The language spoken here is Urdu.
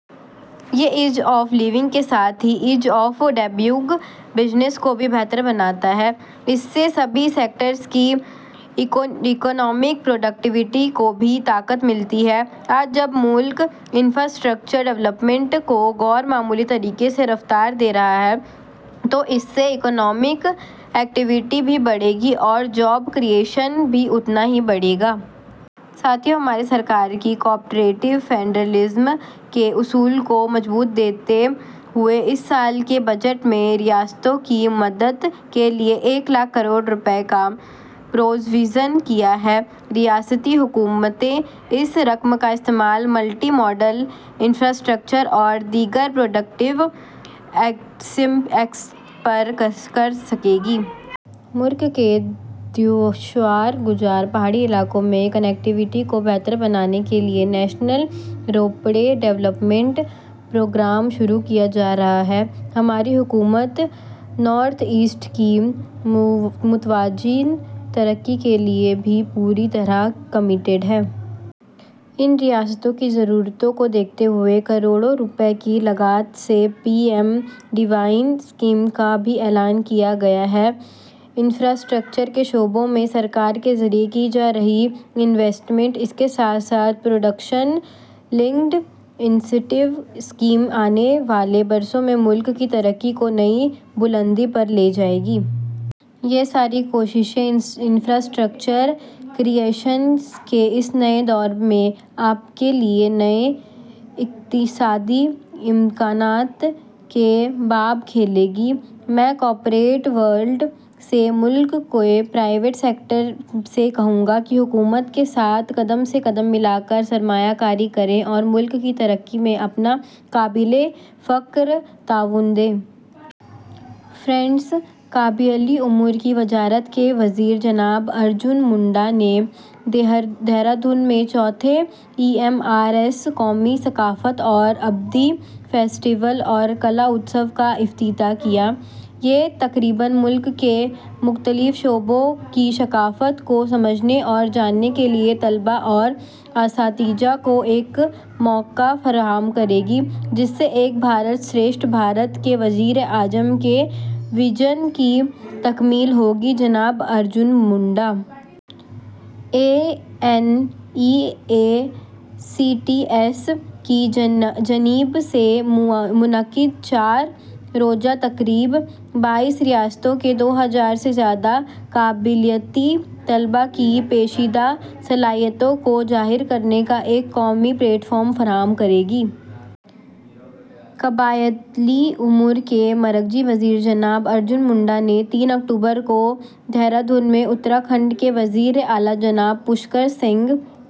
یہ ایز آف لیونگ کے ساتھ ہی ایز آف ڈوئنگ بزنس کو بھی بہتر بناتا ہے۔ اس سے سبھی سیکٹرز کی اکنامک پروڈکٹی ویٹی کو بھی تقویت ملتی ہے۔ آج جب ملک انفرا اسٹرکچر ڈولپمنٹ کو غیر معمولی طریقے سے رفتار دے رہا ہے، تو اس سے اکنامک ایکٹی ویٹی بھی بڑھے گی اور جاب کریئشن بھی اتنا ہی بڑھے گا۔ ساتھیو! ہماری سرکار نے کوآپریٹو فیڈرلزم کے اصول کو مضبوطی دیتے ہوئے اس سال کے بجٹ میں ریاستوں کی مدد کے لیے ایک لاکھ کروڑ روپے کا پروویژن کیا ہے۔ ریاستی حکومتیں اس رقم کا استعمال ملٹی ماڈل انفرا اسٹرکچر اور دیگر پروڈکٹیو ایسیٹس پر کرسکیں گی۔ ملک کے دشوار گزار پہاڑی علاقوں میں کنکٹی ویٹی کو بہتر بنانے کے لیے نیشنل روپ وے ڈولپمنٹ پروگرام شروع کیا جا رہا ہے۔ ہماری سرکار نارتھ ایسٹ کی متوازن ترقی کے لیے بھی کمیٹڈ ہے۔ ان ریاستوں کی ضرورتوں کو دیکھتے ہوئے کروڑ روپے کی لاگت سے پی ایم ڈیوائن اسکیم کا بھی اعلان کیا گیا ہے۔ انفرا اسٹرکچر کے شعبے میں سرکار کے ذریعے کی جا رہی انویسٹمنٹ، اس کے ساتھ ساتھ پروڈکشن لنکڈ انسنٹیو اسکیم، آنے والے برسوں میں ملک کی ترقی کو نئی بلندی پر لے جائے گی۔ یہ ساری کوششیں انفرا اسٹرکچر کریئشن کے اس نئے دور میں آپ کے لیے نئے اکنامک امکانات کے باب کھولیں گی۔ میں کارپوریٹ ورلڈ سے، ملک کے پرائیویٹ سیکٹر سے کہوں گا کہ حکومت کے ساتھ قدم سے قدم ملا کر سرمایہ کاری کریں اور ملک کی ترقی میں اپنا قابلِ فخر تعاون دیں۔ فرینڈس! قبائلی امور کی وزارت جناب ارجن منڈا نے دہرہ دون میں چوتھے ای ایم آر ایس قومی ثقافتی اور ادبی فیسٹیول اور کلا اتسو کا افتتاح کیا۔ یہ تقریب ملک کے مختلف صوبوں کی ثقافت کو سمجھنے اور جاننے کے لیے طلباء اور اساتذہ کو ایک موقع فراہم کرے گی، جس سے ایک بھارت شریشٹھ بھارت کے وزیر اعظم کے وژن کی تکمیل ہوگی: جناب Arjun Munda. N E S T S کی جانب سے منعقدہ چار روزہ تقریب بائیس ریاستوں کے دو ہزار سے زائد قبائلی طلباء کی چھپی ہوئی صلاحیتوں کو ظاہر کرنے کا ایک قومی پلیٹ فارم فراہم کرے گی۔ قبائلی امور کے مرکزی وزیر جناب ارجن منڈا نے تین اکتوبر کو دہرہ دون میں اتراکھنڈ کے وزیراعلیٰ جناب پشکر سنگھ...